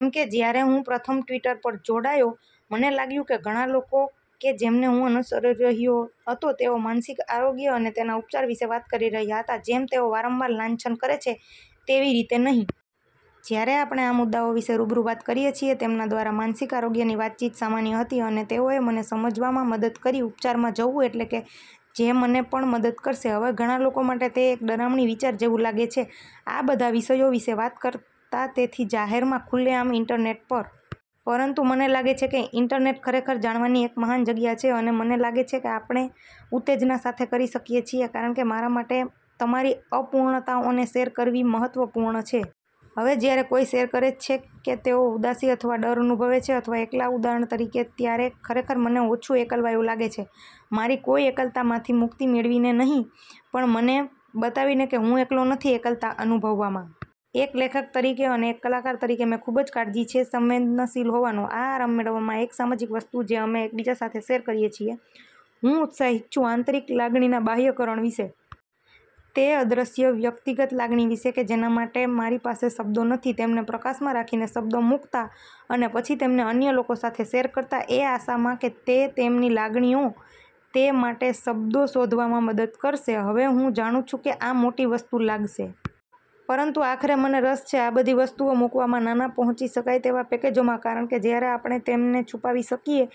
જેમ કે જ્યારે હું પ્રથમ ટિ્વટર પર જોડાયો, મને લાગ્યું કે ઘણા લોકો કે જેમને હું અનુસરી રહ્યો હતો, તેઓ માનસિક આરોગ્ય અને તેના ઉપચાર વિશે વાત કરી રહ્યા હતા જેમ તેઓ વારંવાર લાંછન કરે છે તેવી રીતે નહીં. જ્યારે આપણે આ મુદ્દાઓ વિશે રૂબરૂ વાત કરીએ છીએ તેમના દ્વારા, માનસિક આરોગ્યની વાતચીત સામાન્ય હતી અને તેઓએ મને સમજવામાં મદદ કરી ઉપચારમાં જવું એટલે કે જે મને પણ મદદ કરશે. હવે, ઘણા લોકો માટે તે એક ડરામણી વિચાર જેવું લાગે છે આ બધા વિષયો વિશે વાત કરતાં તેથી જાહેરમાં ખુલ્લેઆમ ઇન્ટરનેટ પર. પરંતુ મને લાગે છે કે ઇન્ટરનેટ ખરેખર જાણવાની એક મહાન જગ્યા છે અને મને લાગે છે કે આપણે ઉત્તેજના સાથે કરી શકીએ છીએ કારણ કે મારા માટે તમારી અપૂર્ણતાઓને શેર કરવી મહત્વપૂર્ણ છે. હવે જ્યારે કોઈ શેર કરે છે કે તેઓ ઉદાસી અથવા ડર અનુભવે છે અથવા એકલા ઉદાહરણ તરીકે, ત્યારે ખરેખર મને ઓછું એકલવાયું લાગે છે. મારી કોઈ એકલતામાંથી મુક્તિ મેળવીને નહીં, પણ મને બતાવીને કે હું એકલો નથી એકલતા અનુભવવામાં. એક લેખક તરીકે અને એક કલાકાર તરીકે મેં ખૂબ જ કાળજી છે સંવેદનશીલ હોવાનો. આ આરામ મેળવવામાં એક સામાજિક વસ્તુ જે અમે એકબીજા સાથે શેર કરી શકીએ છીએ. હું ઉત્સાહિત છું આંતરિક લાગણીનાં બાહ્યકરણ વિશે. તે અદૃશ્ય વ્યક્તિગત લાગણી વિશે કે જેના માટે મારી પાસે શબ્દો નથી તેમને પ્રકાશમાં રાખીને, શબ્દો મૂકતાં, અને પછી તેમને અન્ય લોકો સાથે શેર કરતાં એ આશામાં કે તે તેમની લાગણીઓ, તે। માટે શબ્દો શોધવામાં મદદ કરશે હવે, હું જાણું છું કે આ મોટી વસ્તુ લાગશે. પરંતુ આખરે મને રસ છે આ બધી વસ્તુઓ મૂકવામાં નાના, પહોંચી શકાય તેવા પેકેજોમાં, કારણ કે જ્યારે આપણે તેમને છુપાવી શકીએ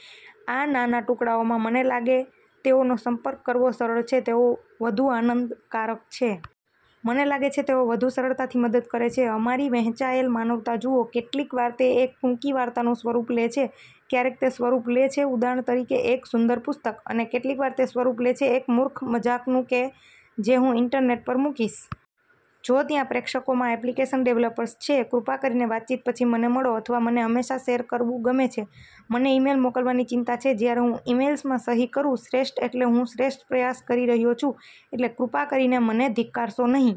આ નાના ટુકડાઓમાં, મને લાગે તેઓનો સંપર્ક કરવો સરળ છે. તેઓ વધુ આનંદકારક છે. મને લાગે છે તેઓ વધુ સરળતાથી મદદ કરે છે. અમારી વહેંચાયેલ માનવતા જુઓ. કેટલીકવાર તે એક ટૂંકી વાર્તાનું સ્વરૂપ લે છે. ક્યારેક તે સ્વરૂપ લે છે ઉદાહરણ તરીકે એક સુંદર પુસ્તક. અને કેટલીકવાર તે સ્વરૂપ લે છે એક મૂર્ખ મજાકનું કે જે હું ઇન્ટરનેટ પર મૂકીશ. જો ત્યાં પ્રેક્ષકોમાં એપ્લિકેશન ડેવલપર્સ છે, કૃપા કરીને વાતચીત પછી મને મળો અથવા મને હંમેશા શેર કરવું ગમે છે. મને ઇમેઇલ મોકલવાની ચિંતા છે. જ્યારે હું ઇમેઇલ્સમાં સહી કરું, "શ્રેષ્ઠ" એટલે હું શ્રેષ્ઠ પ્રયાસ કરી રહ્યો છું. એટલે કૃપા કરીને મને ધિક્કારશો નહિ.